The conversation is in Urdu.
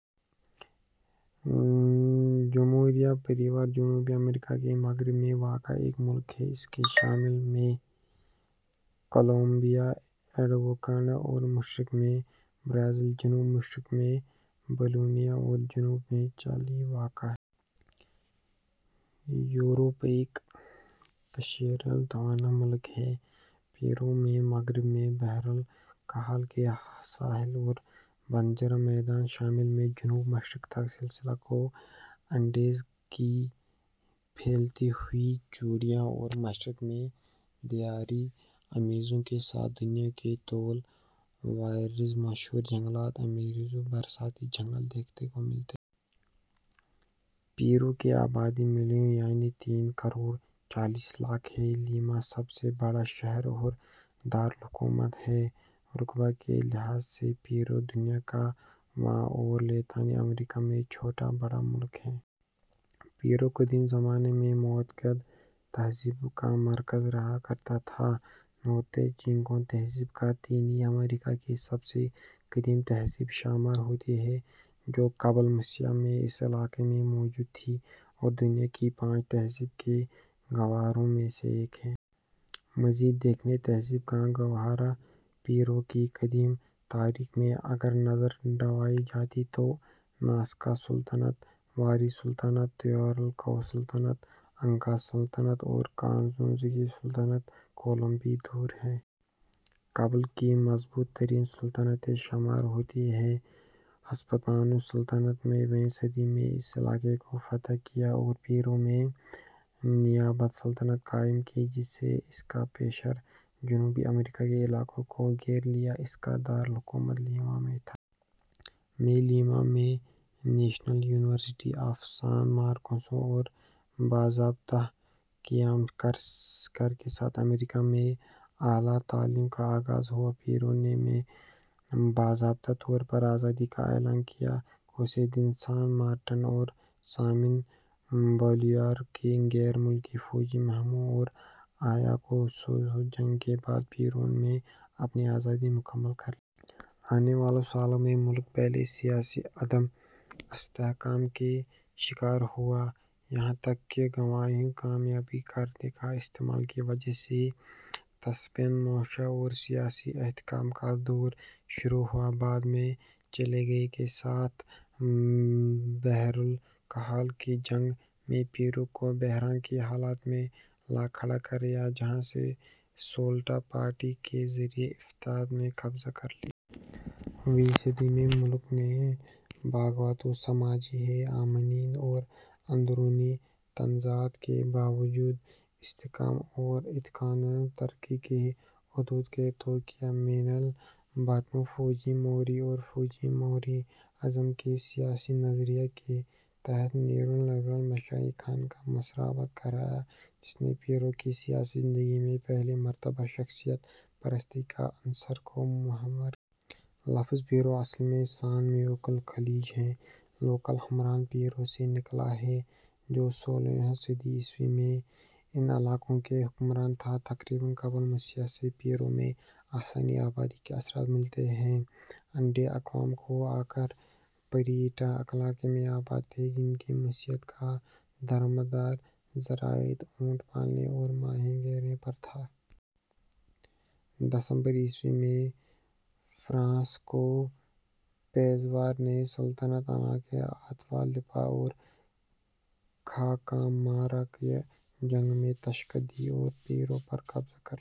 جمہوریہ پیرو جنوبی امریکا کے مغرب میں واقع ایک ملک ہے۔ اس کے شمال میں کولمبیا ، ایکواڈور اور مشرق میں برازیل ، جنوب مشرق میں بولیویا اور جنوب میں چلی واقع ہے۔ پیرو ایک کثیر التنوع ملک ہے پیرو میں مغرب میں بحر الکاہل کے ساحل اور بنجر میدان، شمال سے جنوب مشرق تک سلسلہ کوہ انڈیز کی پھیلی ہوئی چوٹیاں اور مشرق میں دریائے ایمیزون کے ساتھ دنیا کے طویل وعریض مشہور جنگلات ایمیزون برساتی جنگل دیکھنے کو ملتے ہیں۔ پیرو کی آبادی ملین یعنی تین کروڑ چالیس لاکھ ہے، لیما سب سے بڑا شہر اور دار الحکومت ہے رقبہ کے لحاظ سے پیرو دنیا کا واں اور لاطینی امریکہ میں چوتھا بڑا ملک ہے۔ پیرو قدیم زمانے سے متعدد تہذیبوں کا مرکز رہا ہے۔ نورتے چیکو تہذیب لاطینی امریکا کی سب سے قدیم تہذیب شمار ہوتی ہے جو قبل مسیح میں اس علاقے میں موجود تھی اور دنیا کے پانچ تہذیب کے گہواروں میں سے ایک ہے۔ مزید دیکھیے تہذیب کا گہوارہ ۔ پیرو کی قدیم تاریخ میں اگر نظر دوڑائی جائے تو ناسکا سلطنت ، واری سلطنت ، تیواناکو سلطنت ، انکا سلطنت اور کوزکو سلطنت کولومبی دور سے قبل کی مضبوط ترین سلطنتیں شمار ہوتی ہیں ہسپانوی سلطنت نے ویں صدی میں اس علاقے کو فتح کیا اور پیرو میں نیابت سلطنت قائم کی جس نے اس کے بیشتر جنوبی امریکا کے علاقوں کو گھیر لیا، اس کا دار الحکومت لیما میں تھا۔ میں لیما میں National University of San Marcos کے باضابطہ قیام کے ساتھ امریکا میں اعلیٰ تعلیم کا آغاز ہوا۔ پیرو نے میں باضابطہ طور پر آزادی کا اعلان کیا۔ خوسے دے سان مارٹن اور سائمن بولیوار کی غیر ملکی فوجی مہموں اور آیاکوچو کی جنگ کے بعد پیرو نے میں اپنی آزادی مکمل کر لی۔ آنے والے سالوں میں، ملک پہلے سیاسی عدم استحکام کا شکار ہوا یہاں تک کہ گوآنو نامیاتی کھاد کے استعمال کی وجہ سے نسبتاً معاشی اور سیاسی استحکام کا دور شروع ہوا۔ بعد میں، چلی کے ساتھ بحرالکاہل کی جنگ نے پیرو کو بحران کی حالت میں لا کھڑا کیا، جہاں سے سولسٹا پارٹی کے ذریعے اقتدار پر قبضہ کر لیا۔ ویں صدی میں، ملک نے بغاوتوں، سماجی بے امنی اور اندرونی تنازعات کے باوجود استحکام اور اقتصادی ترقی کے ادوار کو طے کیا۔ میں البرٹو فوجی موری نے فوجی موری ازم کے سیاسی نظریہ کے تحت نیو لبرل معاشی خاکہ متعارف کرایا جس نے پیرو کی سیاسی زندگی میں پہلی مرتبہ شخصیت پرستی کے عنصر کو مہمیز کیا۔ لفظ پیرو اصل میں سان میگوئل خلیج کے لوکل حکمران بیرو سے نکلا ہے جو سولہویں صدی عیسوی میں ان علاقوں کا حکمران تھا تقریباً قبل مسیح سے پیرو میں انسانی آبادی کے اثرات ملتے ہیں انڈین اقوام او اکا پری ایٹا علاقے میں آباد تھیں جن کی معیشت کا دارومدار زراعت، اونٹ پالنے اور ماہی گیری پر تھا۔ دسمبر عیسوی میں فرانسسکو پیزارو نے سلطنت انکا کے آتاوالپا کو کاخامارکا کی جنگ میں شکست دی اور پیرو پر قبضہ کر لیا۔